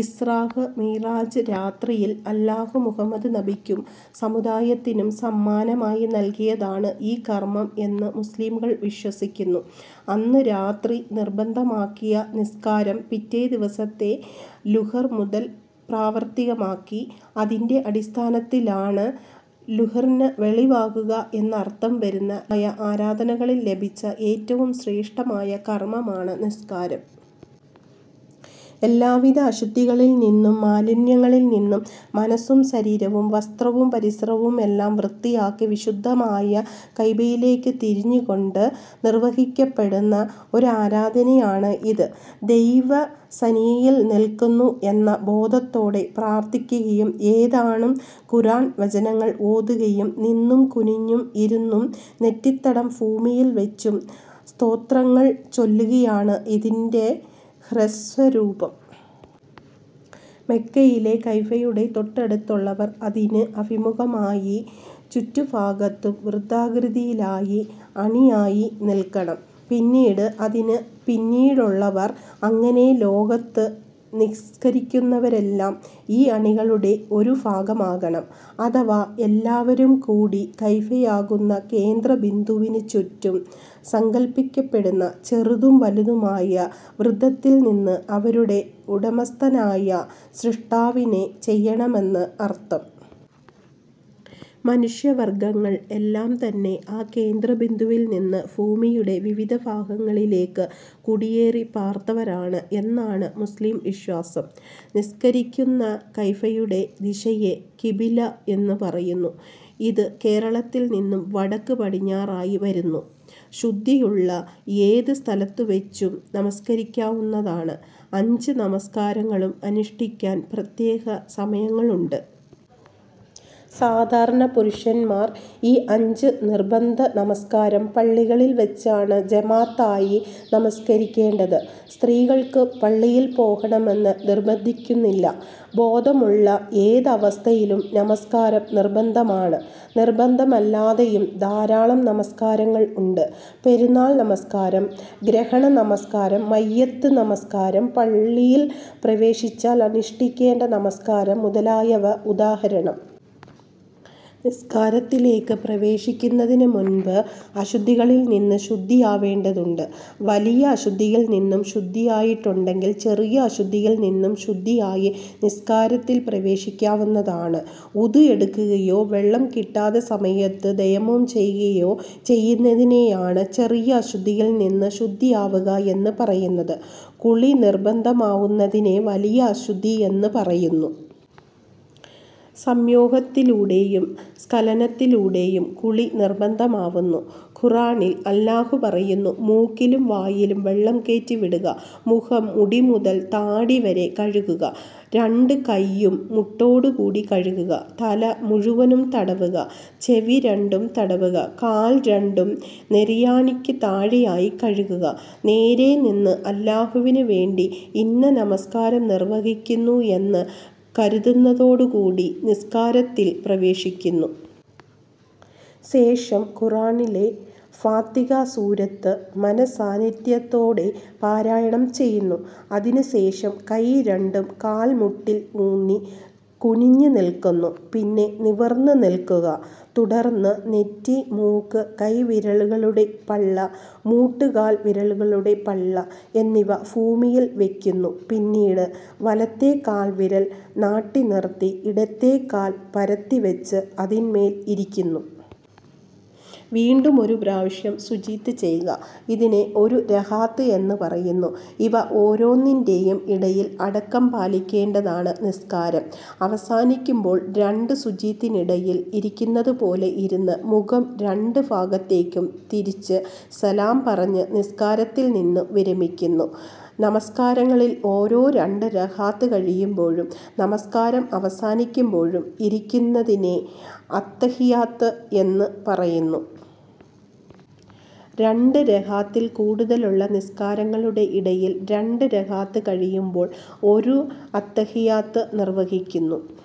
ഇസ്റാഅ് മിഅ്റാജ് രാത്രിയിൽ അല്ലാഹു മുഹമ്മദ് നബിക്കും സമുദായത്തിനും സമ്മാനമായി നൽകിയതാണ് ഈ കർമ്മം എന്ന് മുസ്ലിംകൾ വിശ്വസിക്കുന്നു. അന്ന് രാത്രി നിർബന്ധമാക്കിയ നിസ്കാരം പിറ്റേ ദിവസത്തെ ളുഹർ മുതൽ പ്രാവർത്തികമാക്കി. അതിൻ്റെ അടിസ്ഥാനത്തിലാണ് ളുഹ്റിന് വെളിവാകുക എന്നർത്ഥം വരുന്ന ളുഹർ എന്ന പേരിട്ടതത്രെ. ശാരീരികമായ ആരാധനകളിൽ ലഭിച്ച ഏറ്റവും ശ്രേഷ്ഠമായ കർമ്മമാണ് നിസ്കാരം. എല്ലാവിധ അശുദ്ധികളിൽ നിന്നും മാലിന്യങ്ങളിൽനിന്നും മനസ്സും ശരീരവും വസ്ത്രവും പരിസരവും എല്ലാം വൃത്തിയാക്കി വിശുദ്ധമായ കഅ്ബയിലേക്ക് തിരിഞ്ഞു കൊണ്ട് നിർവഹിക്കപ്പെടുന്ന ഒരാരാധനയാണ് ഇത്. ദൈവ സന്നിധിയിൽ നിൽക്കുന്നു എന്ന ബോധത്തോടെ പ്രാർത്ഥിക്കുകയും ഏതാനും ഖുർആൻ വചനങ്ങൾ ഓതുകയും നിന്നും കുനിഞ്ഞും ഇരുന്നും നെറ്റിത്തടം ഭൂമിയിൽ വെച്ചും സ്തോത്രങ്ങൾ ചൊല്ലുകയാണ് ഇതിൻ്റെ ഹ്രസ്വരൂപം. മക്കയിലെ കഅബയുടെ തൊട്ടടുത്തുള്ളവർ അതിന് അഭിമുഖമായി ചുറ്റുഭാഗത്തും വൃത്താകൃതിയിലായി അണിയായി നിൽക്കണം. പിന്നീട് അതിന് പിന്നിലുള്ളവർ, അങ്ങനെ ലോകത്ത് നിസ്കരിക്കുന്നവരെല്ലാം ഈ അണികളുടെ ഒരു ഭാഗമാകണം. അഥവാ എല്ലാവരുംകൂടി കഅബയാകുന്ന കേന്ദ്ര ബിന്ദുവിനു ചുറ്റും സങ്കല്പിക്കപ്പെടുന്ന ചെറുതും വലുതുമായ വൃത്തത്തിൽനിന്ന് അവരുടെ ഉടമസ്ഥനായ സ്രഷ്ടാവിനെ ചെയ്യണമെന്ന് അർത്ഥം. മനുഷ്യ വർഗ്ഗങ്ങൾ എല്ലാം തന്നെ ആ കേന്ദ്രബിന്ദുവിൽ നിന്ന് ഭൂമിയുടെ വിവിധ ഭാഗങ്ങളിലേക്ക് കുടിയേറിപ്പാർത്തവരാണ് എന്നാണ് മുസ്ലിം വിശ്വാസം. നിസ്കരിക്കുന്ന കഅബയുടെ ദിശയെ കിബില എന്നു പറയുന്നു. ഇത് കേരളത്തിൽ നിന്നും വടക്ക് പടിഞ്ഞാറായി വരുന്നു. ശുദ്ധിയുള്ള ഏതു സ്ഥലത്തു വെച്ചും നമസ്ക്കരിക്കാവുന്നതാണ്. അഞ്ച് നമസ്കാരങ്ങളും അനുഷ്ഠിക്കാൻ പ്രത്യേക സമയങ്ങളുണ്ട്. സാധാരണ പുരുഷന്മാർ ഈ അഞ്ച് നിർബന്ധ നമസ്ക്കാരം പള്ളികളിൽ വെച്ചാണ് ജമാഅത്തായി നമസ്ക്കരിക്കേണ്ടത്. സ്ത്രീകൾക്ക് പള്ളിയിൽ പോകണമെന്ന് നിർബന്ധിക്കുന്നില്ല. ബോധമുള്ള ഏതവസ്ഥയിലും നമസ്കാരം നിർബന്ധമാണ്. നിർബന്ധമല്ലാതെയും ധാരാളം നമസ്ക്കാരങ്ങൾ ഉണ്ട്. പെരുന്നാൾ നമസ്ക്കാരം, ഗ്രഹണ നമസ്കാരം, മയ്യിത്ത് നമസ്ക്കാരം, പള്ളിയിൽ പ്രവേശിച്ചാൽ അനുഷ്ഠിക്കേണ്ട നമസ്കാരം മുതലായവ ഉദാഹരണം. നിസ്കാരത്തിലേക്ക് പ്രവേശിക്കുന്നതിനു മുൻപ് അശുദ്ധികളിൽ നിന്ന് ശുദ്ധിയാവേണ്ടതുണ്ട്. വലിയ അശുദ്ധിയിൽ നിന്നും ശുദ്ധിയായിട്ടുണ്ടെങ്കിൽ ചെറിയ അശുദ്ധിയിൽ നിന്നും ശുദ്ധിയായി നിസ്കാരത്തിൽ പ്രവേശിക്കാവുന്നതാണ്. വുദു എടുക്കുകയോ വെള്ളം കിട്ടാത്ത സമയത്ത് തയമ്മും ചെയ്യുകയോ ചെയ്യുന്നതിനെയാണ് ചെറിയ അശുദ്ധിയിൽ നിന്നും ശുദ്ധിയാവുക എന്ന് പറയുന്നത്. കുളി നിർബന്ധമാവുന്നതിനെ വലിയ അശുദ്ധി എന്ന് പറയുന്നു. സംയോഗത്തിലൂടെയും സ്ഖലനത്തിലൂടെയും കുളി നിർബന്ധമാവൂന്നു. ഖുർആനിൽ അല്ലാഹു പറയുന്നു. മൂക്കിലും വായിലും വെള്ളം കേറ്റിചീറ്റുക. മുഖം മുടിമുതൽ താടിവരെ കഴുകുക. രണ്ടു കയ്യും മുട്ടോട് കൂടി കഴുകുക. തല മുഴുവനും തടവുക. ചെവി രണ്ടും തടവുക. കാൽ രണ്ടും നെരിയാണിക്ക് താഴെയായി കഴുകുക. നേരെ നിന്ന് അല്ലാഹുവിനു വേണ്ടി ഇന്ന നിസ്കാരം നിർവ്വഹിക്കുന്നു എന്ന് കരുതുന്നതോടുകൂടി നിസ്ക്കാരത്തിൽ പ്രവേശിക്കുന്നു. ശേഷം ഖുർആനിലെ ഫാത്തിഹ സൂറത് മന:സ്സാന്നിധ്യത്തോടെ പാരായണം ചെയ്യുന്നു. അതിനു ശേഷം കൈ രണ്ടും കാൽ മുട്ടിൽ ഊന്നി കുനിഞ്ഞു നിൽക്കുന്നു. പിന്നെ നിവർന്ന് നിൽക്കുക. തുടർന്ന് നെറ്റി മൂക്ക് കൈവിരലുകളുടെ പള്ള മുട്ട് കാൽ വിരലുകളുടെ പള്ള എന്നിവ ഭൂമിയിൽ വെക്കുന്നു. പിന്നീട് വലത്തെകാൽവിരൽ നാട്ടിനിർത്തി ഇടത്തെ കാൽ പരത്തിവച്ച് അതിന്മേൽ ഇരിക്കുന്നു. വീണ്ടും ഒരു പ്രാവശ്യം സുജൂദ് ചെയ്യുക. ഇതിനെ ഒരു റകഅത്ത് എന്ന് പറയുന്നു. ഇവ ഓരോന്നിൻ്റെയും ഇടയിൽ അടക്കം പാലിക്കേണ്ടതാണ്. നിസ്കാരം അവസാനിക്കുമ്പോൾ രണ്ട് സുജൂദിനിടയിൽ ഇരിക്കുന്നത് പോലെ ഇരുന്ന് മുഖം രണ്ട് ഭാഗത്തേക്കും തിരിച്ച് സലാം പറഞ്ഞ് നിസ്കാരത്തിൽ നിന്നും വിരമിക്കുന്നു. നമസ്ക്കാരങ്ങളിൽ ഓരോ രണ്ട് റകഅത്ത് കഴിയുമ്പോഴും നമസ്ക്കാരം അവസാനിക്കുമ്പോഴും ഇരിക്കുന്നതിനെ അത്തഹിയ്യാത്ത് എന്ന് പറയുന്നു. രണ്ട് റകഅത്തിൽ കൂടുതലുള്ള നിസ്കാരങ്ങളുടെ ഇടയിൽ രണ്ട് റകഅത്ത് കഴിയുമ്പോൾ ഒരു അത്തഹിയ്യാത്ത് നിർവ്വഹിക്കുന്നു.